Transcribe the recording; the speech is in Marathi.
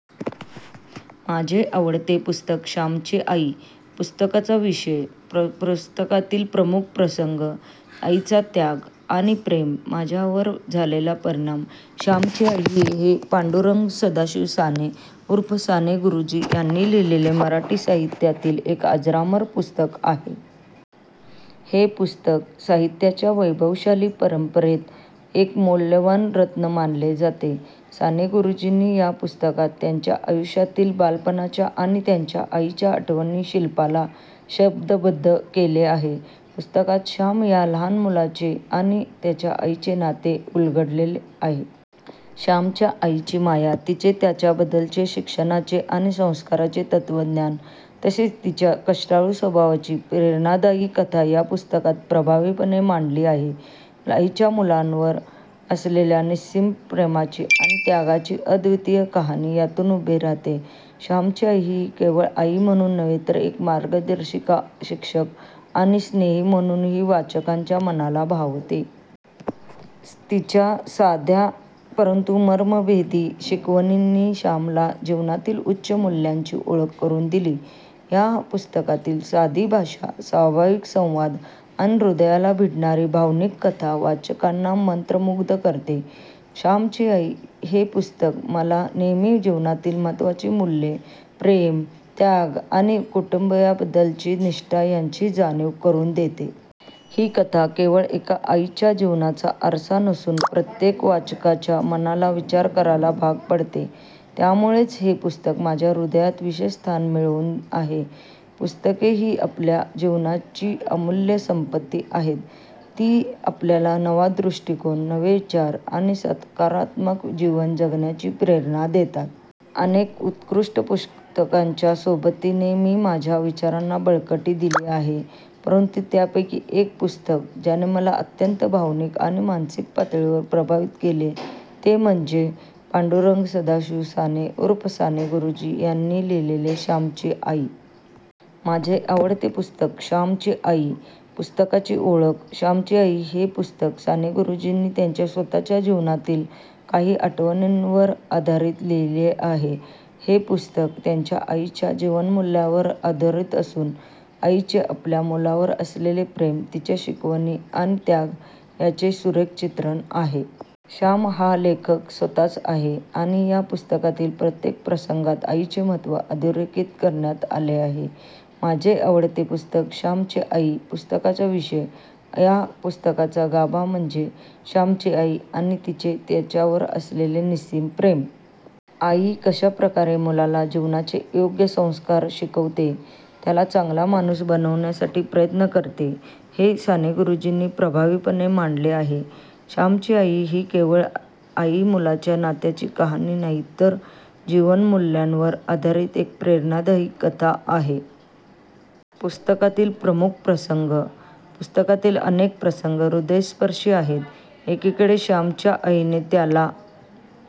माझे आवडते पुस्तक श्यामची आई, पुस्तकाचा विषय, पुस्तकातील प्रमुख प्रसंग, आईचा त्याग आणि प्रेम, माझ्यावर झालेला परिणाम. श्यामची आई हे पांडुरंग सदाशिव साने, उर्फ साने गुरुजी यांनी लिहिलेले मराठी साहित्यातील एक अजरामर पुस्तक आहे. हे पुस्तक मराठी साहित्याच्या वैभवशाली परंपरेत एक मौल्यवान रत्न मानले जाते. साने गुरुजींनी या पुस्तकात त्यांच्या आयुष्यातील बालपणाच्या आणि त्यांच्या आईच्या आठवणीशिल्पाला शब्दबद्ध केले आहे. पुस्तकात श्याम या लहान मुलाचे आणि त्याच्या आईचे नाते उलगडले आहे. श्यामच्या आईची माया, तिचे त्याच्याबद्दलचे शिक्षणाचे आणि संस्कारांचे तत्त्वज्ञान, तसेच तिच्या कष्टाळू स्वभावाची प्रेरणादायी कथा या पुस्तकात प्रभावीपणे मांडली आहे. आईच्या मुलांवर असलेल्या निस्सीम प्रेमाची आणि त्यागाची अद्वितीय कहाणी यातून उभी राहते. श्यामची आई ही केवळ आई म्हणून नव्हे, तर एक मार्गदर्शिका, शिक्षक आणि स्नेही म्हणूनही वाचकांच्या मनाला भावते. तिच्या साध्या परंतु मर्मभेदी शिकवणींनी श्यामला जीवनातील उच्च मूल्यांची ओळख करून दिली. या पुस्तकातील साधी भाषा, स्वाभाविक संवाद आणि हृदयाला भिडणारी भावनिक कथा वाचकांना मंत्रमुग्ध करते. श्यामची आई हे पुस्तक मला नेहमी जीवनातील महत्त्वाची मूल्ये, प्रेम, त्याग आणि कुटुंबीयांबद्दलची निष्ठा यांची जाणीव करून देते. ही कथा केवळ एका आईच्या जीवनाचा आरसा नसून प्रत्येक वाचकाच्या मनाला विचार करायला भाग पाडते. त्यामुळेच हे पुस्तक माझ्या हृदयात विशेष स्थान मिळवून आहे. पुस्तके ही आपल्या जीवनाची अमूल्य संपत्ती आहेत. ती आपल्याला नवा दृष्टिकोन, नवे विचार आणि सकारात्मक जीवन जगण्याची प्रेरणा देतात. अनेक उत्कृष्ट पुस्तकांच्या सोबतीने मी माझ्या विचारांना बळकटी दिली आहे. परंतु त्यापैकी एक पुस्तक, ज्याने मला अत्यंत भावनिक आणि मानसिक पातळीवर प्रभावित केले, ते म्हणजे पांडुरंग सदाशिव साने ऊर्फ साने गुरुजी यांनी लिहिलेले श्यामची आई. माझे आवडते पुस्तक श्यामची आई, पुस्तकाची ओळख, श्यामची आई हे पुस्तक साने गुरुजींनी त्यांच्या स्वतःच्या जीवनातील काही आठवणींवर आधारित लिहिले आहे. हे पुस्तक त्यांच्या आईच्या जीवनमूल्यांवर आधारित असून, आईचे आपल्या मुलावर असलेले प्रेम, तिच्या शिकवणी आणि त्याग यांचे सुरेख चित्रण आहे. श्याम हा लेखक स्वतःच आहे आणि या पुस्तकातील प्रत्येक प्रसंगात आईचे महत्त्व अधोरेखित करण्यात आले आहे. माझे आवडते पुस्तक श्यामची आई, पुस्तकाचा विषय, या पुस्तकाचा गाभा म्हणजे श्यामची आई आणि तिचे त्याच्यावर असलेले निस्सीम प्रेम. आई कशा प्रकारे मुलाला जीवनाचे योग्य संस्कार शिकवते, त्याला चांगला माणूस बनवण्यासाठी प्रयत्न करते, हे साने गुरुजींनी प्रभावीपणे मांडले आहे. श्यामची आई ही केवळ आई-मुलाच्या नात्याची कहाणी नाही, तर ती जीवनमूल्यांवर आधारित एक प्रेरणादायी कथा आहे. पुस्तकातील प्रमुख प्रसंग, पुस्तकातील अनेक प्रसंग हृदयस्पर्शी आहेत. एकीकडे श्यामच्या आईने त्याला